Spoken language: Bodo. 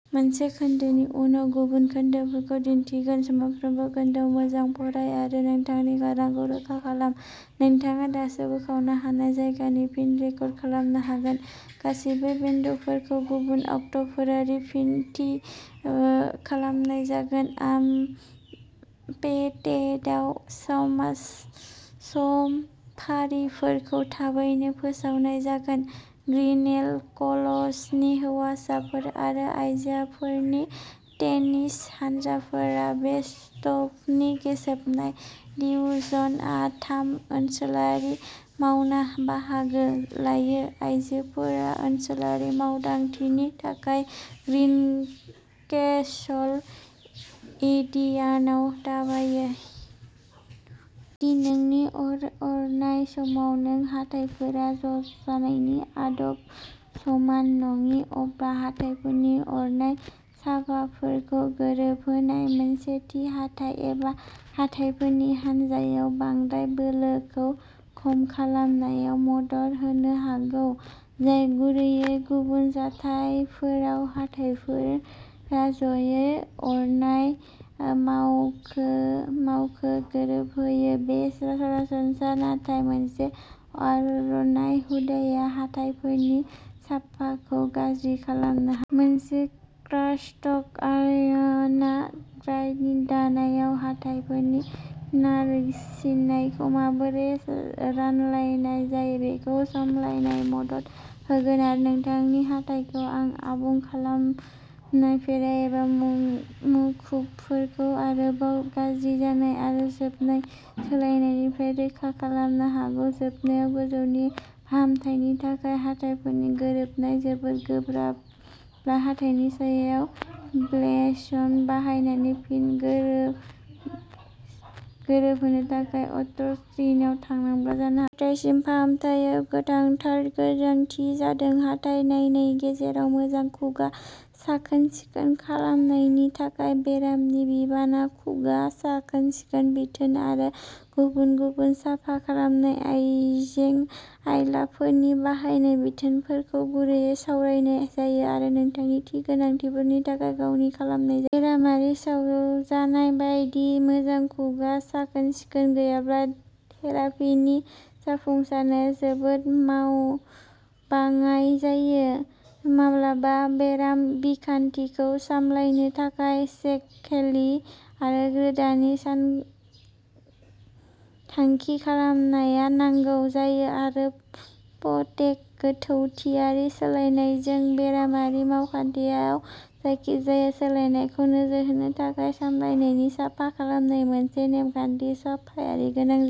गासैबो बेन्डफोरखौ गुबुन अक्ट'फोराव फिन थि खालामनाय जागोन, आपडेटेड समफारिफोरखौ थाबैनो फोसावनाय जागोन। ग्रिनेल कलेजनि हौवाफोर आरो आयजोफोरनि टेनिस हानजाफोरा बे सप्तानि जोबनायाव डिवीजन थाम ओनसोलारि मावनायाव बाहागो लायो। आयजोफोरा ओनसोलारि मावथायनि थाखाय ग्रीनकेसल, इन्डियानायाव दावबायो। जुदि नों अरनाय समाव नोंनि हाथाइफोरा ज'जानायनि आदबा समान नङि, अब्ला हाथाइफोरनि अरनाय साफोरखौ गोरोबहोनाया मोनसे थि हाथाइ एबा हाथाइफोरनि हानजायाव बांद्राय बोलोफोरखौ खम खालामनायाव मदद होनो हागौ जाय गुरै। गुबुन जाथायफोराव, हाथाइफोरा ज'यै अरनाय मावखौ गोरोबहोयो बेयो सरासनस्रा, नाथाय मोनसे अरनाय हुदाया हाथाइफोरनि साफोरखौ गाज्रि खालामनो हागौ। मोनसे कास्टम अरनाय गार्डनि दानायआ हाथाइफोराव नारसिननायखौ माबोरै रानसारनाय जायो बेखौ सामलायनायाव मदद होगोन आरो नोंनि हाथाइफोर आरो आबुं खालामनायफोर एबा मुकुटफोरखौ आरोबाव गाज्रि जानाय आरो जोबनायाव सोलायनायनिफ्राय रैखा खालामनो हागोन। जोबनायाव, गोजौनि फाहामथायनि थाखाय हाथाइफोरनि गोरोबथिया जोबोद गोब्राबब्ला, हाथाइनि सायाव ब्रेसेस बाहायनानै फिन गोरोबहोनो थाखाय अर्थडन्टिस्टनाव थांनांगौ जानो हागौ। पेरियडन्टाइटिसनि फाहामथायाव गोनांथार गोनांथिया जादों हाथाइ नायनायनि गेजेराव मोजां खुगा साखोन-सिखोन लाखिनायनि थाखाय बेरामिनि बिबान। खुगा साखोन-सिखोननि बिथोनफोर आरो गुबुन गुबुन साफा खालामनाय आइजें-आइलाफोरनि बाहायनायाव बिथोनफोरखौ गुवारै सावरायनाय जायो आरो नोंथांनि थि गोनांथिफोरनि थाखाय गावारि खालामनाय जायो। बेरामिजों मावजानाय बायदि मोजां खुगा साखोन-सिखोन गैयाब्ला, थेरापिनि जाफुंसारनाया जोबोद बाङाइ जायो। माब्लाबा, बेराम बिखान्थिखौ सामलायनो थाखाय स्केलिं आरो रोदानि सानथांखि खालामनाया नांगौ जायो, आरो पकेट गोथौथियाव सोलायनायजों बेरामनि मावखान्थियाव जायखिजाया सोलायनायखौ नोजोर होनो थाखाय सामलायनायनि साफा खालामनायनि मोनसे नेमबादि समफारि गोनां जायो।